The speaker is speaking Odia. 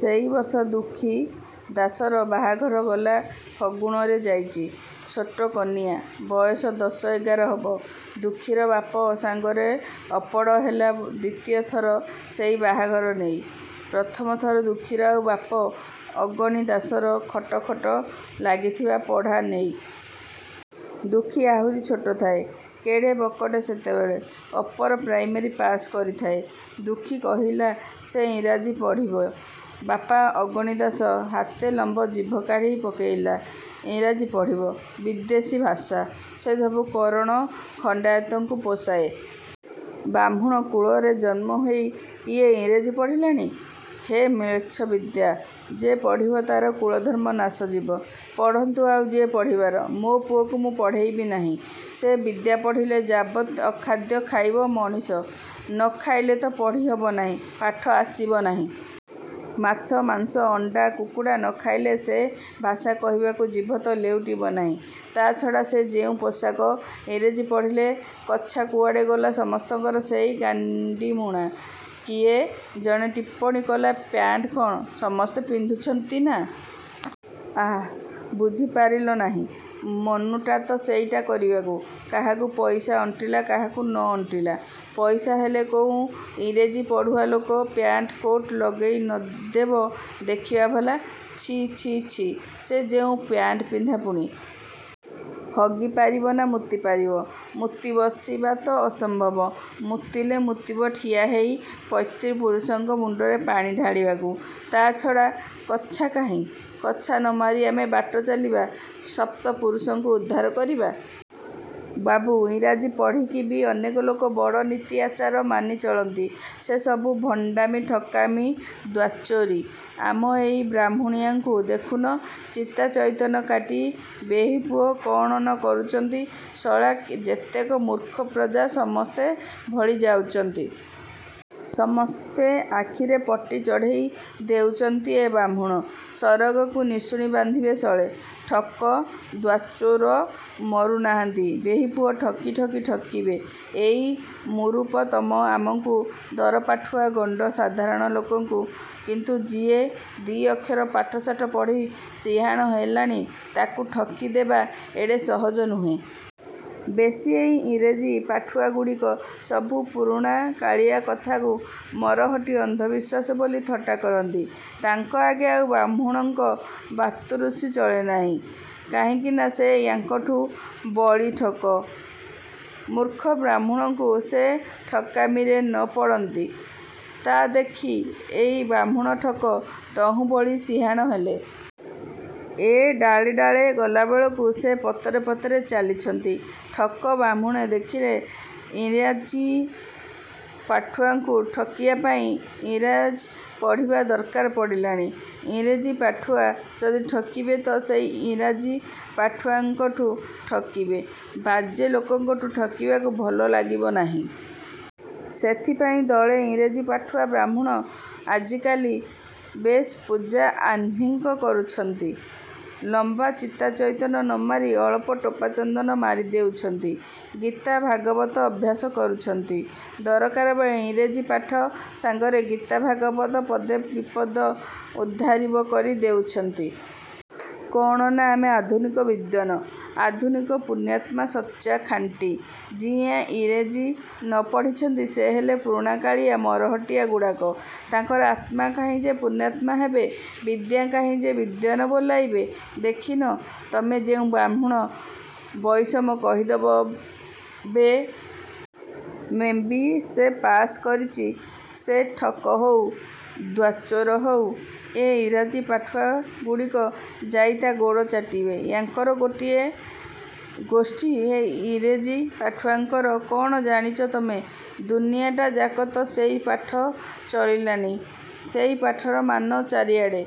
ସେଇ ବର୍ଷ ଦୁଃଖୀ ଦାଶର ବାହାଘର ଗଲା ଫଗୁଣରେ ଯାଇଚି। ଛୋଟ କନିଆ। ବୟସ ଦଶ ଏଗାର ହବ। ଦୁଃଖୀର ବାପ ସାଙ୍ଗରେ ଅପଡ଼ ହେଲା ଦ୍ୱିତୀୟ ଥର ସେଇ ବାହାଘର ନେଇ। ପ୍ରଥମ ଥର ଦୁଃଖୀର ଆଉ ବାପ ଅଗଣି ଦାଶର ଖଟ ଖଟ ଲାଗିଥିଲା ପଢ଼ା ନେଇ। ଦୁଃଖୀ ଆହୁରି ଛୋଟ ଥାଏ। କେଡ଼େ ବକଟେ ସେତେବେଳେ। ଅପର ପ୍ରାଇମେରୀ ପାଶ୍ କରିଥାଏ। ଦୁଃଖୀ କହିଲା ସେ ଇଂରେଜୀ ପଢ଼ିବ। ବାପ ଅଗଣି ଦାଶ ହାତେ ଲମ୍ୱ ଜିଭ କାଢ଼ି ପକେଇଲା। ଇଂରେଜୀ ପଢ଼ିବ? ବିଦେଶୀ ଭାଷା। ସେ ସବୁ କରଣ ଖଣ୍ତାଇତଙ୍କୁ ପୋଷାଏ। ବାହ୍ମୁଣ କୁଳରେ ଜନ୍ମ ହେଇ କିଏ ଇଂରେଜୀ ପଢ଼ିଲାଣି? ହେ ମ୍ଳେଚ୍ଛ ବିଦ୍ୟା। ଯେ ପଢ଼ିବ ତା'ର କୁଳଧର୍ମ ନାଶ ଯିବ। ପଢ଼ନ୍ତୁ ଆଉ ଯିଏ ପଢ଼ିବାର। ମୋ ପୁଅକୁ ମୁଁ ପଢ଼େଇବି ନାହିଁ। ସେ ବିଦ୍ୟା ପଢ଼ିଲେ ଯାବତ୍ ଅଖାଦ୍ୟ ଖାଇବ ମଣିଷ। ନ ଖାଇଲେ ତ ପଢ଼ି ହବ ନାହିଁ ପାଠ ଆସିବ ନାହିଁ। ମାଛ, ମାଂସ, ଅଣ୍ତା, କୁକୁଡ଼ା ନ ଖାଇଲେ ସେ ଭାଷା କହିବାକୁ ଜିଭ ତ ଲେଉଟିବ ନାହିଁ। ତା ଛଡ଼ା ସେ ଯେଉଁ ପୋଷାକ! ଇଂରେଜ ପଢ଼ିଲେ କଛା କୁଆଡ଼େ ଗଲା ସମସ୍ତଙ୍କର ସେଇ ଗାଣ୍ତିମୁଣା। କିଏ। ଜଣେ ଟିପ୍ପଣୀ କଲା ପ୍ୟାଣ୍ଟ କ'ଣ ସମସ୍ତେ ପିନ୍ଧୁଛନ୍ତିନା। ଆଃ, ବୁଝି ପାରିଲ ନାହିଁ? ମନୁଟାତ ସେଇଟା କରିବାକୁ। କାହାକୁ ପଇସା ଅଣ୍ଟିଲା କାହାକୁ ନ ଅଣ୍ଟିଲା। ପଇସା ହେଲେ କୋଉ ଇଂରେଜୀ ପଢ଼ୁଆ ଲୋକ ପ୍ୟାଣ୍ଟ କୋଟ୍ ଲଗେଇ ନ ଦେବ ଦେଖିବା ଭଲା। ଛି, ଛି, ଛି ସେ ଯେଉଁ ପ୍ୟାଣ୍ଟ ପିନ୍ଧା ପୁଣି। ହଗି ପାରିବ ନା ମୂତି ପାରିବ! ମୂତି ବସିବା ତ ଅସମ୍ଭବ। ମୂତିଲେ ମୂତିବ ଠିଆ ହୋଇ ପୈତୃ ପୁରୁଷଙ୍କ ମୁଣ୍ତରେ ପାଣି ଢାଳିବାକୁ । ତା' ଛଡ଼ା କଛା କାହିଁ? କଛା ନ ମାରି ଆମେ ବାଟ ଚାଲିବା? ସପ୍ତ ପୁରୁଷଙ୍କୁ ଉଦ୍ଧାର କରିବା? ବାବୁ, ଇଂରାଜୀ ପଢ଼ିକିବି ଅନେକ ଲୋକ ବଡ଼ ନୀତି ଆଚାର ମାନି ଚଳନ୍ତି। ସେ ସବୁ ଭଣ୍ତାମି ଠକାମି ଦ୍ୱାଚୋରି। ଆମ ଏଇ ବାହ୍ମୁଣିଆଙ୍କୁ ଦେଖୁନ! ଚିତା ଚଇତନ କାଟି ବେହିପୁଅ କ'ଣ ନ କରୁଚନ୍ତି। ଶଳା ଯେତେକ ମୂର୍ଖ ପ୍ରଜା ସମସ୍ତେ ଭଳି ଯାଉଚନ୍ତି । ସମସ୍ତେ ଆଖିରେ ପଟି ଚଢ଼େଇ ଦେଉଚନ୍ତି ଏ ବାହ୍ମୁଣ। ସରଗକୁ ନିଶୁଣି ବାନ୍ଧିବେ ଶଳେ! ଠକ ଦ୍ୱାଚୋର ମରୁ ନାହାନ୍ତି ବେହିପୁଅ ଠକି ଠକି ଠକିବେ ଏଇ ମୂରୁପ ତମ ଆମଙ୍କୁ ଦରପାଠୁଆ ଗଣ୍ତ ସାଧାରଣ ଲୋକଙ୍କୁ କିନ୍ତୁ ଯିଏ ଦି' ଅକ୍ଷର ପାଠ ଶାଠ ପଢ଼ି ସିହାଣ ହେଲାଣି ତାକୁ ଠକି ଦେବା ଏଡ଼େ ସହଜ ନୁହେଁ। ବେଶି ଏଇ ଇଂରେଜୀ ପାଠୁଆଗୁଡ଼ିକ ସବୁ ପୁରୁଣାକାଳିଆ କଥାକୁ ମରହଟ୍ଟି ଅନ୍ଧବିଶ୍ୱାସ ବୋଲି ଥଟ୍ଟା କରନ୍ତି। ତାଙ୍କ ଆଗେ ଆଉ ବାହ୍ମୁଣଙ୍କ ବାତ୍ଫୁରୁସି ଚଳେ ନାହିଁ-। କାହିଁକିନା ସେ ୟାଙ୍କଠୁ ବଳି ଠକ। ମୂର୍ଖ ବାହ୍ମୁଣଙ୍କୁ ସେ ଠକାମିରେ ନ ପଡ଼ନ୍ତି। ତା' ଦେଖି ଏଇ ବାହ୍ମୁଣ ଠକ ତହୁଁ ବଳି ସିହାଣ ହେଲେ। ଏ ଡାଳେ ଡାଳେ ଗଲାବେଳକୁ ସେ ପତରେ ପତରେ ଚାଲିଛନ୍ତି। ଠକ ବାହ୍ମୁଣେ ଦେଖିଲେ ଇଂରାଜୀ ପାଠୁଆଙ୍କୁ ଠକିବାପାଇଁ ଇଂରାଜ ପଢ଼ିବା ଦରକାର ପଡ଼ିଲାଣି। ଇଂରେଜୀ ପାଠୁଆ ଯଦି ଠକିବେ ତ ସେଇ ଇଂରାଜୀ ପାଠୁଆଙ୍କଠୁ ଠକିବେ-। ବାଜେ ଲୋକଙ୍କଠୁ ଠକିବାକୁ ଭଲ ଲାଗିବ ନାହିଁ। ସେଥିପାଇଁ ଦଳେ ଇଂରେଜୀ ପାଠୁଆ ବାହ୍ମୁଣ ଆଜିକାଲି ବେଶ ପୂଜା ଆହ୍ନିକ କରୁଛନ୍ତି। ଲମ୍ବା ଚିତା ଚଇତନ ନ ମାରି ଅଳପ ଟୋପେ ଚନ୍ଦନ ମାରି ଦେଉଛନ୍ତି। ଗୀତା ଭାଗବତ ଅଭ୍ୟାସ କରୁଛନ୍ତି। ଦରକାରବେଳେ ଇଂରେଜୀ ପାଠ ସାଙ୍ଗରେ ଗୀତା ଭାଗବତ ପଦେ ଦିପଦ ଉଦ୍ଧାରବି କରି ଦେଉଛନ୍ତି। କ'ଣ ନା ଆମେ ଆଧୁନିକ ବିଦ୍ୱାନ୍। ଆଧୁନିକ ପୁଣ୍ୟାତ୍ମା ସଚା, ଖାଣ୍ଟି। ଯିଏ ଇଂରେଜୀ ନ ପଢ଼ିଛନ୍ତି ସେ ହେଲେ ପୁରୁଣାକାଳିଆ ମରହଟ୍ଟିଆଗୁଡ଼ାକ, ତାଙ୍କର ଆତ୍ମା କାହିଁ ଯେ ପୁଣ୍ୟାତ୍ମା ହେବେ ବିଦ୍ୟା କାହିଁ ଯେ ବିଦ୍ୱାନ୍ ବୋଲେଇବେ। ଦେଖିନ ତମେ ଯେଉଁ ବାହ୍ମୁଣ ବଇଷମ କହିଦବ ବେ. ମେ. ବି. ସେ ପାସ କରିଚି ସେ ଠକ ହଉ, ଦ୍ୱାଚୋର ହଉ, ଏଇ ଇଂରାଜୀ ପାଠୁଆଗୁଡ଼ିକ ଯାଇ ତା' ଗୋଡ଼ ଚାଟିବେ। ୟାଙ୍କର ଗୋଟେ ଗୋଷ୍ଠୀ ଏ ଇଂରେଜ ପାଠୁଆଙ୍କର। କ'ଣ ଜାଣିଚ ତମେ! ଦୁନିଆଟା ଯାକ ତ ସେଇ ପାଠ ଚଳିଲାଣି ସେଇ ପାଠର ମାନ ଚାରିଆଡ଼େ।